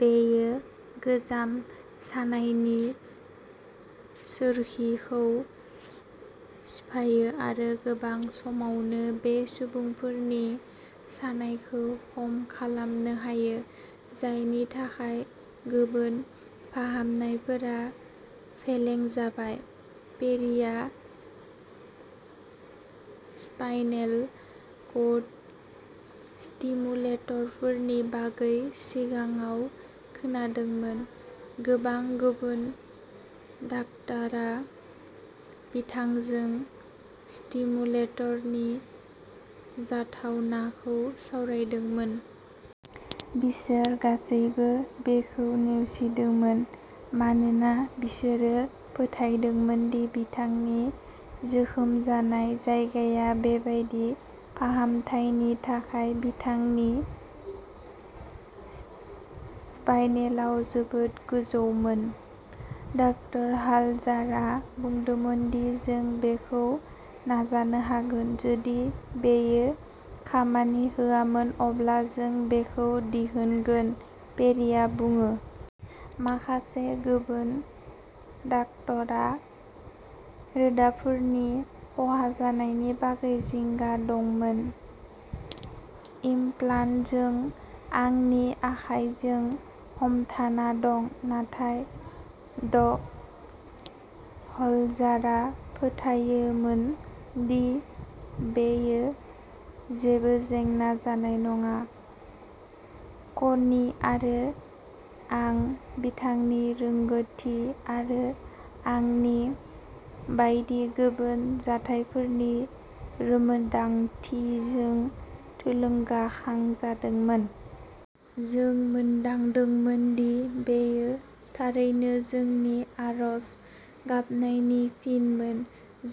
बेयो गोजाम सानायनि सोरखिखौ सिफायो आरो गोबां समावनो बै सुबुंफोरनि सानायखौ खम खालामनो हायो, जायनि थाखाय गुबुन फाहामनायफोरा फेलें जाबाय। पेरीआ स्पाइनेल कर्ड स्टिमुलेटरफोरनि बागै सिगाङाव खोनादोंमोन। गोबां गुबुन डाक्टरा बिथांजों स्टिमुलेटरनि जाथावनाखौ सावरायदोंमोन। बिसोर गासैबो बेखौ नेवसिदोंमोन मानोना बिसोरो फोथायदोंमोन दि बिथांनि जोखोम जानाय जायगाया बेबादि फाहामथायनि थाखाय बिथांनि स्पाइनेलाव जोबोद गोजौमोन। "डा. ह'लजारआ बुंदोंमोन दि जों बेखौ नाजानो हागोन। जुदि बेयो खामानि होआमोन, अब्ला जों बेखौ दिहुनगोन", पेरीआ बुङो। "माखासे गुबुन डाक्टरा रोदाफोरनि खहा जानायनि बागै जिंगा दंमोन। इमप्लान्टजों आंनि आखाइजों हमथाना दं। नाथाय ड. ह'लजारआ फोथायोमोन दि बेयो जेबो जेंना जानाय नङा। कनि आरो आं बिथांनि रोंग'थि आरो आंनि बायदि गुबुन जाथायफोरनि रोंमोनदांथिजों थुलुंगाखांजादोंमोन। जों मोनदांदोंमोन दि बेयो थारैनो जोंनि आरज गाबनायनि फिनमोन।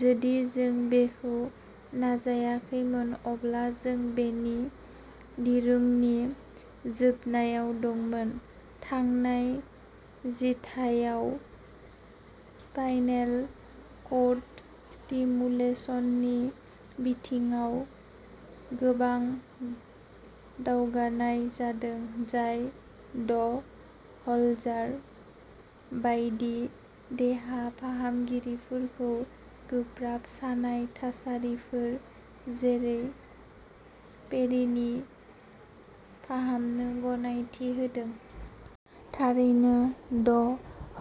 जुदि जों बेखौ नाजायाखैमोन, अब्ला जों जोंनि दिरुंनि जोबनायाव दंमोन। "थांनाय जिथाइयाव स्पाइनेल कर्ड स्टिमुलेसननि बिथिङाव गोबां दावगानाय जादों जाय ड. ह'लजार बायदि देहा फाहामगिरिफोरखौ गोब्राब सानाय थासारिफोर, जेरै पेरिनि फाहामनो गनायथि होदों। थारैनो, ड.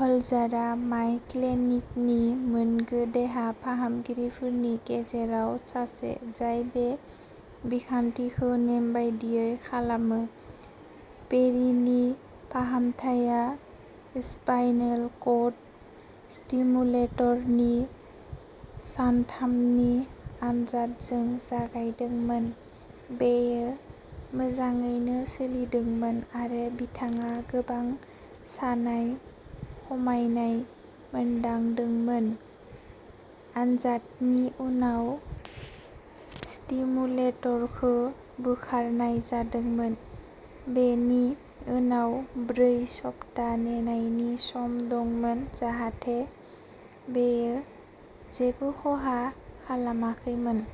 ह'लजारआ माय'क्लिनिकनि मोनगु देहा फाहामगिरिफोरनि गेजेराव सासे जाय बे बिखान्थिखौ नेमबादियै खालामो। पेरिनि फाहामथाया स्पाइनेल कर्ड स्टिमुलेटरनि सानथामनि आनजादजों जागायदोंमोन। बेयो मोजाङैनो सोलिदोंमोन, आरो बिथाङा गोबां सानाय खमायनाय मोनदांदोंमोन। आनजादनि उनाव, स्टिमुलेटरखौ बोखारनाय जादोंमोन, बेनि उनाव ब्रै सप्ता नेनायनि सम दंमोन जाहाथे बेयो जेबो खहा खालामाखैमोन।